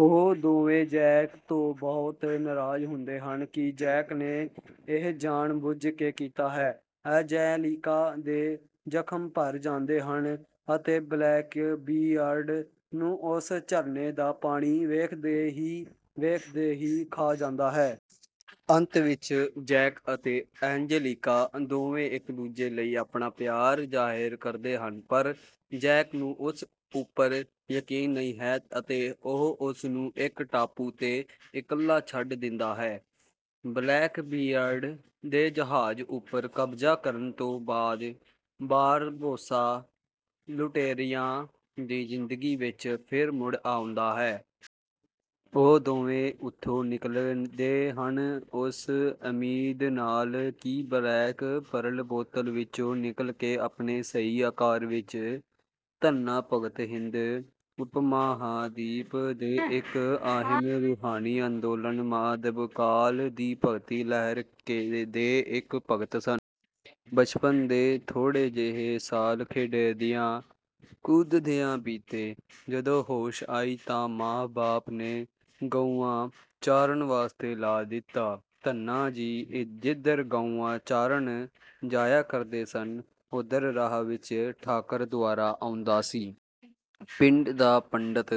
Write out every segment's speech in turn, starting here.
ਉਹ ਦੋਵੇਂ ਜੈਕ ਤੋਂ ਬਹੁਤ ਨਰਾਜ਼ ਹੁੰਦੇ ਹਨ ਕਿ ਜੈਕ ਨੇ ਇਹ ਜਾਣ-ਬੁੱਝ ਕੇ ਕੀਤਾ ਹੈ। ਐਂਜੇਲੀਕਾ ਦੇ ਜ਼ਖ਼ਮ ਭਰ ਜਾਂਦੇ ਹਨ ਅਤੇ ਬਲੈਕਬੀਅਰਡ ਨੂੰ ਉਸ ਝਰਨੇ ਦਾ ਪਾਣੀ ਵੇਖਦੇ-ਵੇਖਦੇ ਹੀ ਖਾ ਜਾਂਦਾ ਹੈ। ਅੰਤ ਵਿੱਚ ਜੈਕ ਅਤੇ ਐਂਜੇਲੀਕਾ ਦੋਵੇਂ ਇੱਕ ਦੂਜੇ ਲਈ ਆਪਣਾ ਪਿਆਰ ਜ਼ਾਹਿਰ ਕਰਦੇ ਹਨ ਪਰ ਜੈਕ ਨੂੰ ਉਸ ਉੱਪਰ ਯਕੀਨ ਨਹੀਂ ਹੈ ਅਤੇ ਉਹ ਉਸਨੂੰ ਇੱਕ ਟਾਪੂ ਤੇ ਇਕੱਲਾ ਛੱਡ ਦਿੰਦਾ ਹੈ। ਬਲੈਕਬੀਅਰਡ ਦੇ ਜਹਾਜ਼ ਉੱਪਰ ਕਬਜ਼ਾ ਕਰਨ ਤੋਂ ਬਾਅਦ ਬਾਰਬੋਸਾ ਲੁਟੇਰਿਆਂ ਦੀ ਜ਼ਿੰਦਗੀ ਵਿੱਚ ਫਿਰ ਮੁੜ ਆਉਂਦਾ ਹੈ। ਉਹ ਦੋਵੇਂ ਉੱਥੋਂ ਨਿਕਲਦੇ ਹਨ, ਇਸ ਉਮੀਦ ਨਾਲ ਕਿ ਬਲੈਕ ਪਰਲ ਬੋਤਲ ਵਿੱਚੋਂ ਨਿਕਲ ਕੇ ਆਪਣੇ ਸਹੀ ਆਕਾਰ ਵਿੱਚ। ਧੰਨਾ ਭਗਤ ਹਿੰਦ ਉਪਮਹਾਦੀਪ ਦੇ ਇੱਕ ਅਹਿਮ ਰੂਹਾਨੀ ਅੰਦੋਲਨ ਮਧਕਾਲ ਦੀ ਭਗਤੀ ਲਹਿਰ ਦੇ ਇੱਕ ਭਗਤ ਸਨ। ਬਚਪਨ ਦੇ ਥੋੜੇ ਜਿਹੇ ਸਾਲ ਖੇਡਦਿਆਂ ਕੁਦਦਿਆਂ ਬੀਤੇ। ਜਦੋਂ ਹੋਸ਼ ਆਈ ਤਾਂ ਮਾ-ਬਾਪ ਨੇ ਗਊਆਂ ਚਾਰਨ ਵਾਸਤੇ ਲਾ ਦਿੱਤਾ। ਧੰਨਾ ਜੀ ਜਿੱਧਰ ਗਊਆਂ ਚਾਰਨ ਜਾਇਆ ਕਰਦੇ ਸਨ ਉਧਰ ਰਾਹ ਵਿੱਚ ਠਾਕਰ ਦੁਆਰਾ ਆਉਂਦਾ ਸੀ। ਪਿੰਡ ਦਾ ਪੰਡਤ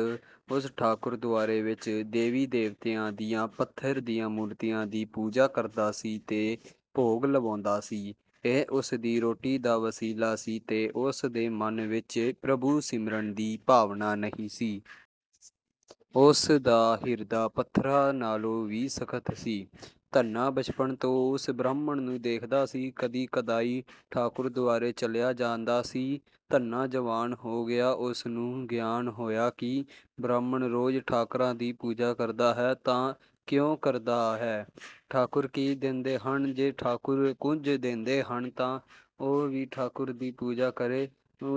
ਉਸ ਠਾਕੁਰ ਦੁਆਰੇ ਵਿੱਚ ਦੇਵੀ-ਦੇਵਤਿਆਂ ਦੀਆਂ ਪੱਥਰ ਦੀਆਂ ਮੂਰਤੀਆਂ ਦੀ ਪੂਜਾ ਕਰਦਾ ਸੀ ਤੇ ਭੋਗ ਲਵਾਉਂਦਾ ਸੀ। ਇਹ ਉਸਦੀ ਰੋਟੀ ਦਾ ਵਸੀਲਾ ਸੀ ਤੇ ਉਸ ਦੇ ਮਨ ਵਿੱਚ ਪ੍ਰਭੂ ਸਿਮਰਨ ਦੀ ਭਾਵਨਾ ਨਹੀਂ ਸੀ। ਉਸ ਦਾ ਹਿਰਦਾ ਪੱਥਰਾ ਨਾਲੋਂ ਵੀ ਸਖਤ ਸੀ। ਧੰਨਾ ਬਚਪਨ ਤੋਂ ਓਸ ਬ੍ਰਾਹਮਣ ਨੂੰ ਦੇਖਦਾ ਸੀ, ਕਦੀ ਕਦਾਈਂ ਠਾਕੁਰ ਦੁਆਰੇ ਚਲਿਆ ਜਾਂਦਾ ਸੀ। ਧੰਨਾ ਜਵਾਨ ਹੋ ਗਿਆ ਉਸ ਨੂੰ ਗਿਆਨ ਹੋਇਆ ਕਿ ਬ੍ਰਾਹਮਣ ਰੋਜ਼ ਠਾਕਰਾਂ ਦੀ ਪੂਜਾ ਕਰਦਾ ਹੈ ਤਾਂ ਕਿਉ ਕਰਦਾ ਹੈ, ਠਾਕੁਰ ਕੀ ਦੇਂਦੇ ਹਨ ਜੇ ਠਾਕੁਰ ਕੁੱਝ ਦੇਂਦੇ ਹਨ ਤਾ ਉਹ ਵੀ ਠਾਕੁਰ ਦੀ ਪੂਜਾ ਕਰੇ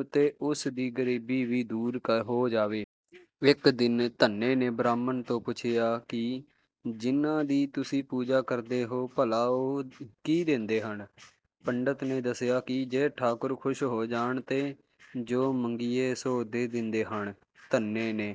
ਅਤੇ ਉਸ ਦੀ ਗਰੀਬੀ ਵੀ ਦੂਰ ਹੋ ਜਾਵੇ। ਇੱਕ ਦਿਨ ਧੰਨੇ ਨੇ ਬ੍ਰਾਹਮਣ ਤੋਂ ਪੁੱਛਿਆ ਕਿ ਜਿਨ੍ਹਾਂ ਦੀ ਤੁਸੀ ਪੂਜਾ ਕਰਦੇ ਹੋ ਭਲਾ ਉਹ ਕੀ ਦੇਂਦੇ ਹਨ। ਪੰਡਤ ਨੇ ਦੱਸਿਆ ਕਿ ਜੇ ਠਾਕੁਰ ਖੁਸ਼ ਹੋ ਜਾਣ ਤਾ ਜੋ ਮੰਗੀਏ ਸੋ ਦੇ ਦੇਂਦੇ ਹਨ। ਧੰਨੇ ਨੇ...